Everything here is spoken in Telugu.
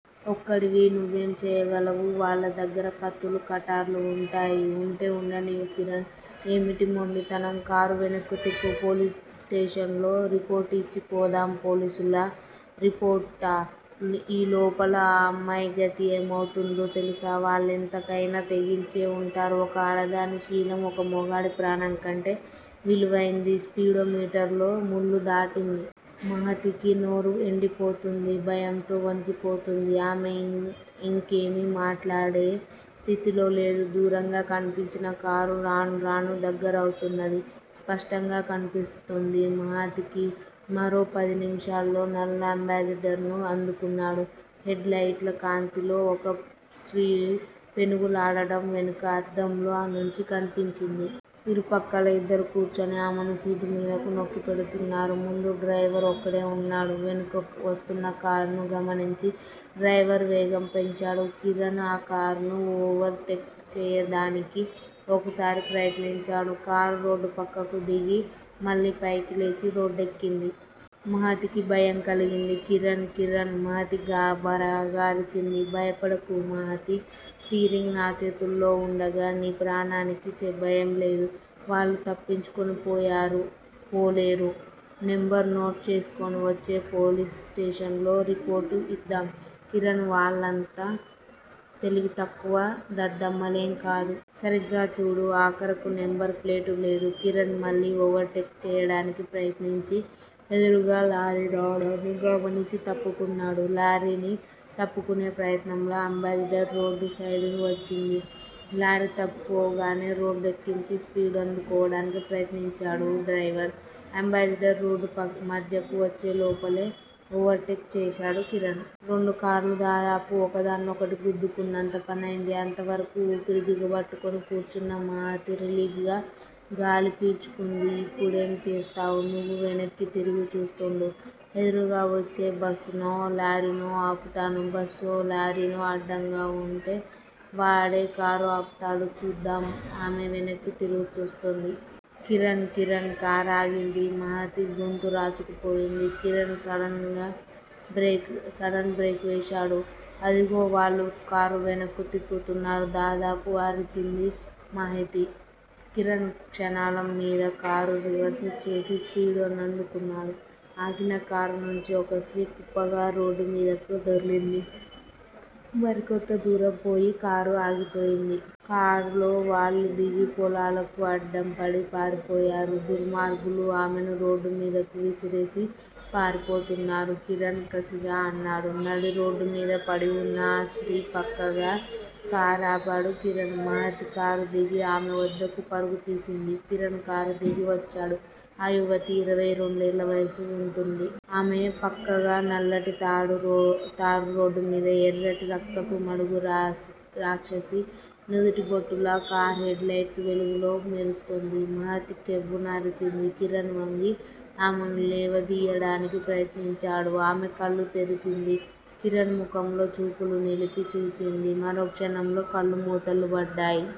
ఒక్కడివి, నువ్వేం చెయ్యగలవు. వాళ్ళ దగ్గర కత్తులు, కటార్లు వుంటాయి వుంటే వుండనియ్ కిరణ్, ఏమిటీ మొండితనం? కారు వెనక్కు తిప్పు. పోలీసు స్టేషన్ లో రిపోర్టు ఇచ్చి పోదాం పోలీసులా? రిపోర్టా? ఈలోపల ఆ అమ్మాయి గతి ఏమౌతుందో తెలుసా? వాళ్ళెంత కయినా తెగించే వుంటారు ఒక ఆడదాని శీలం ఒక మగాడి ప్రాణం కంటే విలువైంది స్పీడో మీటర్ లో ముల్లు దాటింది. మహతికి నోరు ఎండిపోతోంది. భయంతో వణికిపోతోంది. ఆమె ఇంకేమీ మాట్లాడే స్థితిలో లేదు. దూరంగా కన్పించిన కారు రానురాను దగ్గరౌతున్నది. స్పష్టంగా కన్పిస్తోంది మహతికి. మరో పది నిముషాల్లో నల్ల అంబాసిడర్ ను అందుకున్నాడు. హెడ్ లైట్ల కాంతిలో ఒక స్త్రీ పెనుగు లాడటం వెనక అద్దంలో నుంచి కన్పించింది. ఇరుపక్కలా ఇద్దరు కూర్చుని ఆమెను సీటు మీదకు నొక్కిపెడుతున్నారు. ముందు డ్రైవర్ ఒక్కడే వున్నాడు. వెనక వస్తున్న కారును గమనించిన డ్రైవర్ వేగం పెంచాడు. కిరణ్ ఆ కారును ఓవర్ టేక్ చెయ్యదానికి ఒకసారి ప్రయత్నించాడు. కారు రోడ్డు పక్కకు దిగి, మళ్ళీ పైకి లేచి రోడ్డెక్కింది. మహతికి భయం కలిగింది. కిరణ్! కిరణ్! మహతి గాభరాగా అరిచింది. భయపడకు మహతీ! స్టీరింగ్ నా చేతుల్లో వుండగా నీ ప్రాణానికి భయంలేదు. వాళ్ళు తప్పించుకునిపోలేరు నంబరు నోట్ చేసుకుని వచ్చే పోలీస్ స్టేషన్ లో రిపోర్టు ఇద్దాం కిరణ్ వాళ్ళంత తెలివితక్కువ దద్దమ్మ లేం కాదు. సరిగ్గా చూడు. ఆకారుకు నంబరు ప్లేటు లేదు. కిరణ్ మళ్ళీ ఓవర్ టేక్ చెయ్యడానికి ప్రయత్నించి, ఎదురుగా లారీ రావడాన్ని గమనించి తప్పుకున్నాడు. లారీని తప్పుకునే ప్రయత్నంలో అంబాసిడర్ రోడ్డు సైడుకు వచ్చింది. లారీ తప్పుకోగానే రోడ్డు ఎక్కించి స్పీడు అందుకోవడానికి ప్రయత్నించాడు డ్రైవర్. అంబాసిడర్ రోడ్డు మధ్యకు వచ్చే లోపలే ఓవర్ టేక్ చేశాడు కిరణ్. రెండు కార్లూ దాదాపు ఒకదాన్నొకటి గుద్దుకున్నంత పనైంది. అంతవరకూ ఊపిరి బిగబట్టుకుని కూర్చున్న మహతి రిలీఫ్ గా గాలి పీల్చుకుంది. ఇప్పుడేం చేస్తావ్? నువ్వు వెనక్కు తిరిగి చూస్తుండు. ఎదురుగా వచ్చేబస్సునో, లారీనో ఆపుతాను. బస్సో, లారీనో అడ్డంవుంటే వాడే కారు ఆపుతాడు చూద్దాం ఆమె వెనక్కు తిరిగిచూస్తోంది. కిరణ్! కిరణ్! కారాగింది మహతి గొంతురాచుకు పోయింది. కిరణ్ సడన్ బ్రేకువేశాడు. అదుగో వాళ్ళు కారువెనక్కు తిప్పుతున్నారు దాదాపు అరిచింది మహతి. కిరణ్ క్షణాల మీధకారు రివర్స్ చేసి స్పీడు నందుకున్నాడు. ఆగిన కారు నుంచి ఒక స్త్రీ కుప్పగా రోడ్డుమీదకు దొర్లింది. మరికొంత దూరం పోయి కారు ఆగిపోయింది. కారులో వాళ్ళుదిగి పొలాలకు అడ్డంపడి పారిపోయారు. దుర్మార్గులు ఆమెనురోడ్డుమీదకు విసిరేసి పారిపోతున్నారు కిరణ్ కసిగా అన్నాడు. నడిరోడ్డు మీద పడివున్న ఆ స్త్రీ పక్కగా కారాపాడు కిరణ్. మహతి కారుదిగి ఆమె వద్దకు పరుగు తీసింది. కిరణ్ కారు దిగి వచ్చాడు. ఆ యువతి ఇరవై రెండేళ్ళ వయసు వుంటుంది. ఆమె పక్కగా నల్లటితారురోడ్డు మీద ఎర్రటిరక్తపు మడుగు రాక్షసి నుదుటిబొట్టులా కారు హెడ్ లైట్సు వెలుగులో మెరుస్తోంది. మహతి కెవ్వున అరిచింది. కిరణ్ వంగి ఆమెను లేవదీయడానికి ప్రయత్నించాడు. ఆమె కళ్ళు తెరిచింది. కిరణ్ ముఖంలో చూపులు నిలిపి చూసింది. మరోక్షణంలో కళ్ళు మూతలు పడ్డాయి.